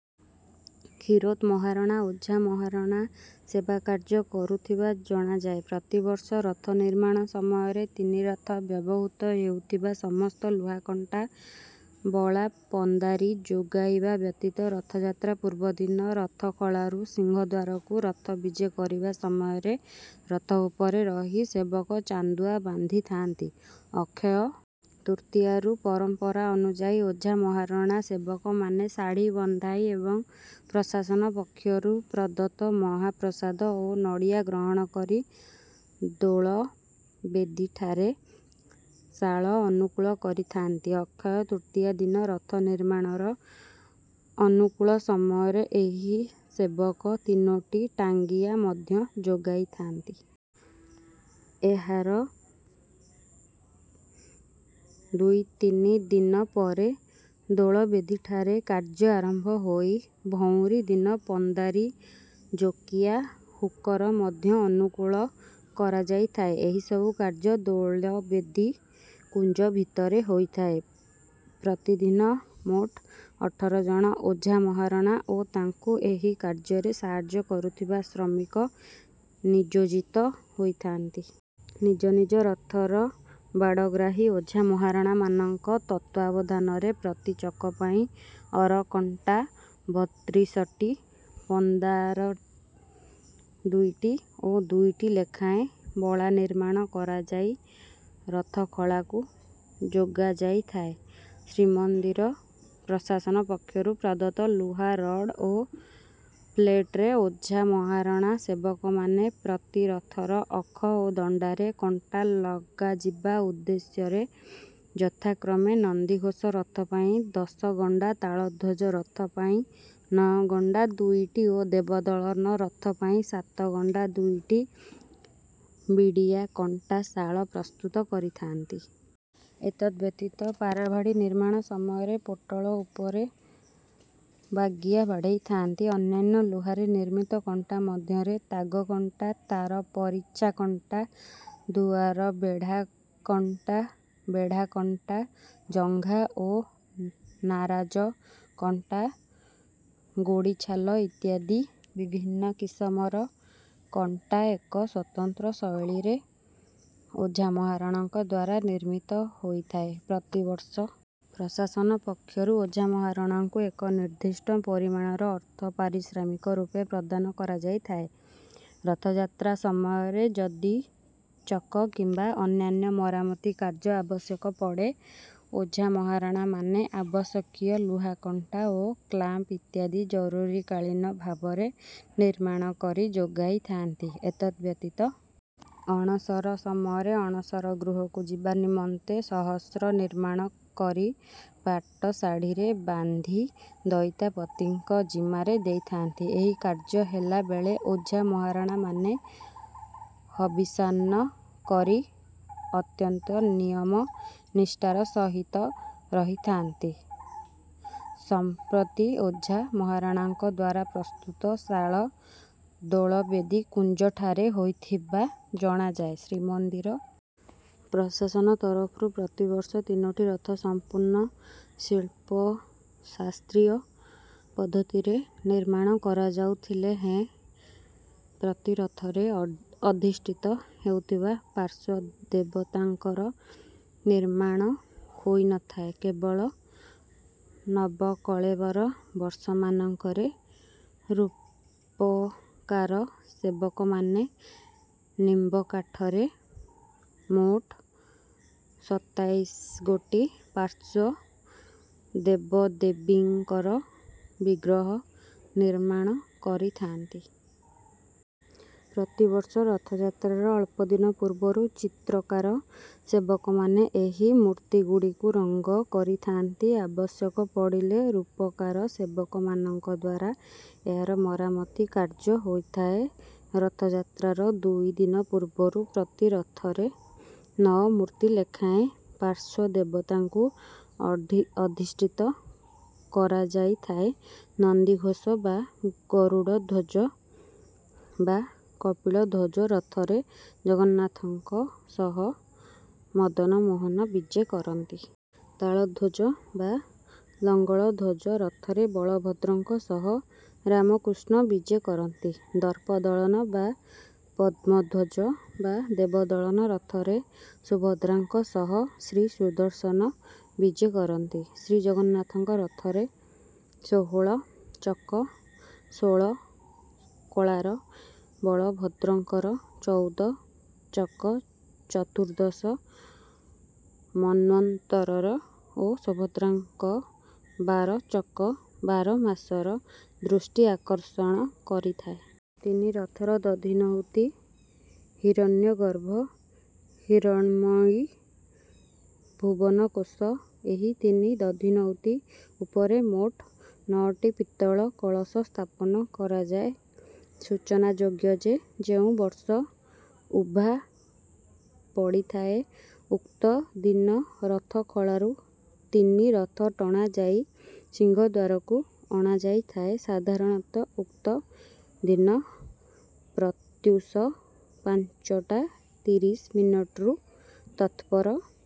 କ୍ଷୀରୋଦ ମହାରଣା ଓଝା ମହାରଣା ସେବା କାର୍ଯ୍ୟ କରୁଥିବା ଜଣାଯାଏ। ପ୍ରତିବର୍ଷ ରଥ ନିର୍ମାଣ ସମୟରେ ତିନି ରଥ ବ୍ୟବହୃତ ହେଉଥିବା ସମସ୍ତ ଲୁହାକଣ୍ଟା, ବଳା, ପନ୍ଦାରି ଯୋଗାଇବା ବ୍ୟତୀତ ରଥଯାତ୍ରା ପୂର୍ବଦିନ ରଥଖଳାରୁ ସିଂହଦ୍ୱାରକୁ ରଥ ବିଜେ କରିବା ସମୟରେ ରଥ ଉପରେ ରହି ସେବକ ଚାନ୍ଦୁଆ ବାନ୍ଧିଥାନ୍ତି। ଅକ୍ଷୟ ତୃତୀୟାରୁ ପରମ୍ପରା ଅନୁଯାୟୀ ଓଝା ମହାରଣା ସେବକମାନେ ଶାଢ଼ୀ ବନ୍ଧାଇ ଏବଂ ପ୍ରଶାସନ ପକ୍ଷରୁ ପ୍ରଦତ୍ତ ମହାପ୍ରସାଦ ଓ ନଡ଼ିଆ ଗ୍ରହଣ କରି ଦୋଳବେଦୀଠାରେ ଶାଳ ଅନୁକୂଳ କରିଥାନ୍ତି। ଅକ୍ଷୟ ତୃତୀୟା ଦିନ ରଥ ନିର୍ମାଣର ଅନୁକୂଳ ସମୟରେ ଏହି ସେବକ ତିନୋଟି ଟାଙ୍ଗିଆ ମଧ୍ୟ ଯୋଗାଇଥାନ୍ତି। ଏହାର ଦୁଇ-ତିନି ଦିନ ପରେ ଦୋଳବେଦୀଠାରେ କାର୍ଯ୍ୟ ଆରମ୍ଭ ହୋଇ ଭଉଁରୀ ଦିନ ପନ୍ଦାରି, ଜୋକିଆ, ହୁକର ମଧ୍ୟ ଅନୁକୂଳ କରାଯାଇଥାଏ। ଏହିସବୁ କାର୍ଯ୍ୟ ଦୋଳବେଦୀ କୁଞ୍ଜ ଭିତରେ ହୋଇଥାଏ। ପ୍ରତିଦିନ ମୋଟ ଅଠର ଜଣ ଓଝା ମହାରଣା ଓ ତାଙ୍କୁ ଏହି କାର୍ଯ୍ୟରେ ସାହାଯ୍ୟ କରୁଥିବା ଶ୍ରମିକ ନିଯୋଜିତ ହୋଇଥାନ୍ତି। ନିଜ ନିଜ ରଥର ବାଡ଼ଗ୍ରାହୀ ଓଝା ମହାରଣାମାନଙ୍କ ତତ୍ତ୍ୱାବଧାନରେ ପ୍ରତି ଚକ ପାଇଁ ଅରକଣ୍ଟା ବତ୍ରିଶଟି, ପନ୍ଦାରି ଦୁଇଟି ଓ ଦୁଇଟି ଲେଖାଏଁ ବଳା ନିର୍ମାଣ କରାଯାଇ ରଥଖଳାକୁ ଯୋଗାଯାଇଥାଏ। ଶ୍ରୀମନ୍ଦିର ପ୍ରଶାସନ ପକ୍ଷରୁ ପ୍ରଦତ୍ତ ଲୁହା ରଡ଼୍ ଓ ପ୍ଲେଟ୍‌ରେ ଓଝା ମହାରଣା ସେବକମାନେ ପ୍ରତି ରଥର ଅଖ ଓ ଦଣ୍ଡାରେ କଣ୍ଟା ଲଗାଯିବା ଉଦ୍ଦେଶ୍ୟରେ ଯଥାକ୍ରମେ ନନ୍ଦିଘୋଷ ରଥ ପାଇଁ ଦଶ ଗଣ୍ଡା, ତାଳଧ୍ୱଜ ରଥ ପାଇଁ ନଅ ଗଣ୍ଡା ଦୁଇଟି ଓ ଦେବଦଳନ ରଥ ପାଇଁ ସାତ ଗଣ୍ଡା ଦୁଇଟି ବିଡ଼ିଆ କଣ୍ଟା ଶାଳ ପ୍ରସ୍ତୁତ କରିଥାନ୍ତି। ଏତଦ୍‌ବ୍ୟତୀତ ପାରାଭାଡ଼ି ନିର୍ମାଣ ସମୟରେ ପୋଟଳ ଉପରେ ବାଗିଆ ବାଡ଼େଇଥାନ୍ତି। ଅନ୍ୟାନ୍ୟ ଲୁହାରେ ନିର୍ମିତ କଣ୍ଟା ମଧ୍ୟରେ ତାଗକଣ୍ଟା, ତାର ପରିଚ୍ଛା କଣ୍ଟା, ଦୁଆର ବେଢ଼ା କଣ୍ଟା, ବେଢ଼ା କଣ୍ଟା, ଜଙ୍ଘା ଓ ନାରାଜ କଣ୍ଟା, ଗୋଡ଼ିଛାଲ ଇତ୍ୟାଦି ବିଭିନ୍ନ କିସମର କଣ୍ଟା ଏକ ସ୍ୱତନ୍ତ୍ର ଶୈଳୀରେ ଓଝା ମହାରଣାଙ୍କ ଦ୍ୱାରା ନିର୍ମିତ ହୋଇଥାଏ। ପ୍ରତିବର୍ଷ ପ୍ରଶାସନ ପକ୍ଷରୁ ଓଝା ମହାରଣାଙ୍କୁ ଏକ ନିର୍ଦ୍ଦିଷ୍ଟ ପରିମାଣର ଅର୍ଥ ପାରିଶ୍ରମିକ ରୂପେ ପ୍ରଦାନ କରାଯାଇଥାଏ। ରଥଯାତ୍ରା ସମୟରେ ଯଦି ଚକ କିମ୍ବା ଅନ୍ୟାନ୍ୟ ମରାମତି କାର୍ଯ୍ୟ ଆବଶ୍ୟକ ପଡ଼େ, ଓଝା ମହାରଣାମାନେ ଆବଶ୍ୟକୀୟ ଲୁହା କଣ୍ଟା ଓ କ୍ଲାମ୍ପ ଇତ୍ୟାଦି ଜରୁରୀକାଳୀନ ଭାବେ ନିର୍ମାଣ କରି ଯୋଗାଇଥାନ୍ତି। ଏତଦ୍‌ବ୍ୟତୀତ ଅଣସର ସମୟରେ ଅଣସର ଗୃହକୁ ଯିବା ନିମନ୍ତେ ସହସ୍ର ନିର୍ମାଣ କରି ପାଟଶାଢ଼ୀରେ ବାନ୍ଧି ଦଇତାପତିଙ୍କ ଜିମାରେ ଦେଇଥାନ୍ତି। ଏହି କାର୍ଯ୍ୟ ହେଲା ବେଳେ ଓଝା ମହାରଣାମାନେ ହବିଷାନ୍ନ କରି ଅତ୍ୟନ୍ତ ନିୟମ, ନିଷ୍ଠାର ସହିତ ରହିଥାନ୍ତି। ସମ୍ପ୍ରତି ଓଝା ମହାରଣାଙ୍କ ଦ୍ୱାରା ପ୍ରସ୍ତୁତ ଶାଳ ଦୋଳବେଦୀ କୁଞ୍ଜଠାରେ ହୋଇଥିବା ଜଣାଯାଏ। ଶ୍ରୀମନ୍ଦିର ପ୍ରଶାସନ ତରଫରୁ ପ୍ରତିବର୍ଷ ତିନୋଟି ରଥ ସମ୍ପୂର୍ଣ୍ଣ ଶିଳ୍ପଶାସ୍ତ୍ରୀୟ ପଦ୍ଧତିରେ ନିର୍ମାଣ କରାଯାଉଥିଲେ ହେଁ ପ୍ରତି ରଥରେ ଅଧିଷ୍ଠିତ ହେଉଥିବା ପାର୍ଶ୍ୱ ଦେବତାଙ୍କର ନିର୍ମାଣ ହୋଇନଥାଏ। କେବଳ ନବକଳେବର ବର୍ଷମାନଙ୍କରେ ରୂପକାର ସେବକମାନେ ନିମ୍ବ କାଠରେ ମୋଟ ସତାଇଶିଗୋଟି ପାର୍ଶ୍ୱ ଦେବଦେବୀଙ୍କର ବିଗ୍ରହ ନିର୍ମାଣ କରିଥାନ୍ତି। ପ୍ରତିବର୍ଷ ରଥଯାତ୍ରାର ଅଳ୍ପ ଦିନ ପୂର୍ବରୁ ଚିତ୍ରକାର ସେବକମାନେ ଏହି ମୂର୍ତ୍ତିଗୁଡ଼ିକୁ ରଙ୍ଗ କରିଥାନ୍ତି। ଆବଶ୍ୟକ ପଡ଼ିଲେ ରୂପକାର ସେବକମାନଙ୍କ ଦ୍ୱାରା ଏହାର ମରାମତି କାର୍ଯ୍ୟ ହୋଇଥାଏ। ରଥଯାତ୍ରାର ଦୁଇ ଦିନ ପୂର୍ବରୁ ପ୍ରତି ରଥରେ ନଅ ମୂର୍ତ୍ତି ଲେଖାଏଁ ପାର୍ଶ୍ୱଦେବତାଙ୍କୁ ଅଧିଷ୍ଠିତ କରାଯାଇଥାଏ। ନନ୍ଦିଘୋଷ' ବା 'ଗରୁଡ଼ଧ୍ୱଜ' ବା 'କପିଳଧ୍ୱଜ' ରଥରେ ଜଗନ୍ନାଥଙ୍କ ସହ ମଦନମୋହନ ବିଜେ କରନ୍ତି। 'ତାଳଧ୍ୱଜ' ବା 'ଲଙ୍ଗଳ ଧ୍ୱଜ' ରଥରେ ବଳଭଦ୍ରଙ୍କ ସହ ରାମକୃଷ୍ଣ ବିଜେ କରନ୍ତି। 'ଦର୍ପଦଳନ' ବା 'ପଦ୍ମଧ୍ୱଜ' ବା 'ଦେବଦଳନ' ରଥରେ ସୁଭଦ୍ରାଙ୍କ ସହ ଶ୍ରୀସୁଦର୍ଶନ ବିଜେ କରନ୍ତି। ଶ୍ରୀଜଗନ୍ନାଥଙ୍କ ରଥର ଷୋହଳ ଚକ ଷୋଳକଳାର, ବଳଭଦ୍ରଙ୍କର ଚଉଦ ଚକ ଚତୁର୍ଦ୍ଦଶ ମନ୍ୱନ୍ତରର ଓ ସୁଭଦ୍ରାଙ୍କ ବାର ଚକ ବାରମାସର ଦୃଷ୍ଟି ଆକର୍ଷଣ କରିଥାଏ। ତିନି ରଥର ଦଧିନଉତି ହିରଣ୍ୟଗର୍ଭ, ହିରଣ୍ମୟୀ, ଭୁବନକୋଷ। ଏହି ତିନି ଦଧିନଉତି ଉପରେ ମୋଟ ନଅଟି ପିତ୍ତଳ କଳସ ସ୍ଥାପନ କରାଯାଏ। ସୂଚନାଯୋଗ୍ୟ ଯେ, ଯେଉଁ ବର୍ଷ ଉଭା ପଡ଼ିଥାଏ, ଉକ୍ତ ଦିନ ରଥଖଳାରୁ ତିନି ରଥ ଟଣାଯାଇ ସିଂହଦ୍ୱାରକୁ ଅଣାଯାଇଥାଏ। ସାଧାରଣତଃ ଉକ୍ତ ଦିନ ପ୍ରତ୍ୟୂଷ ପାଞ୍ଚଟା ତିରିଶ ମିନିଟ୍‌ରୁ ତତ୍‌ପର...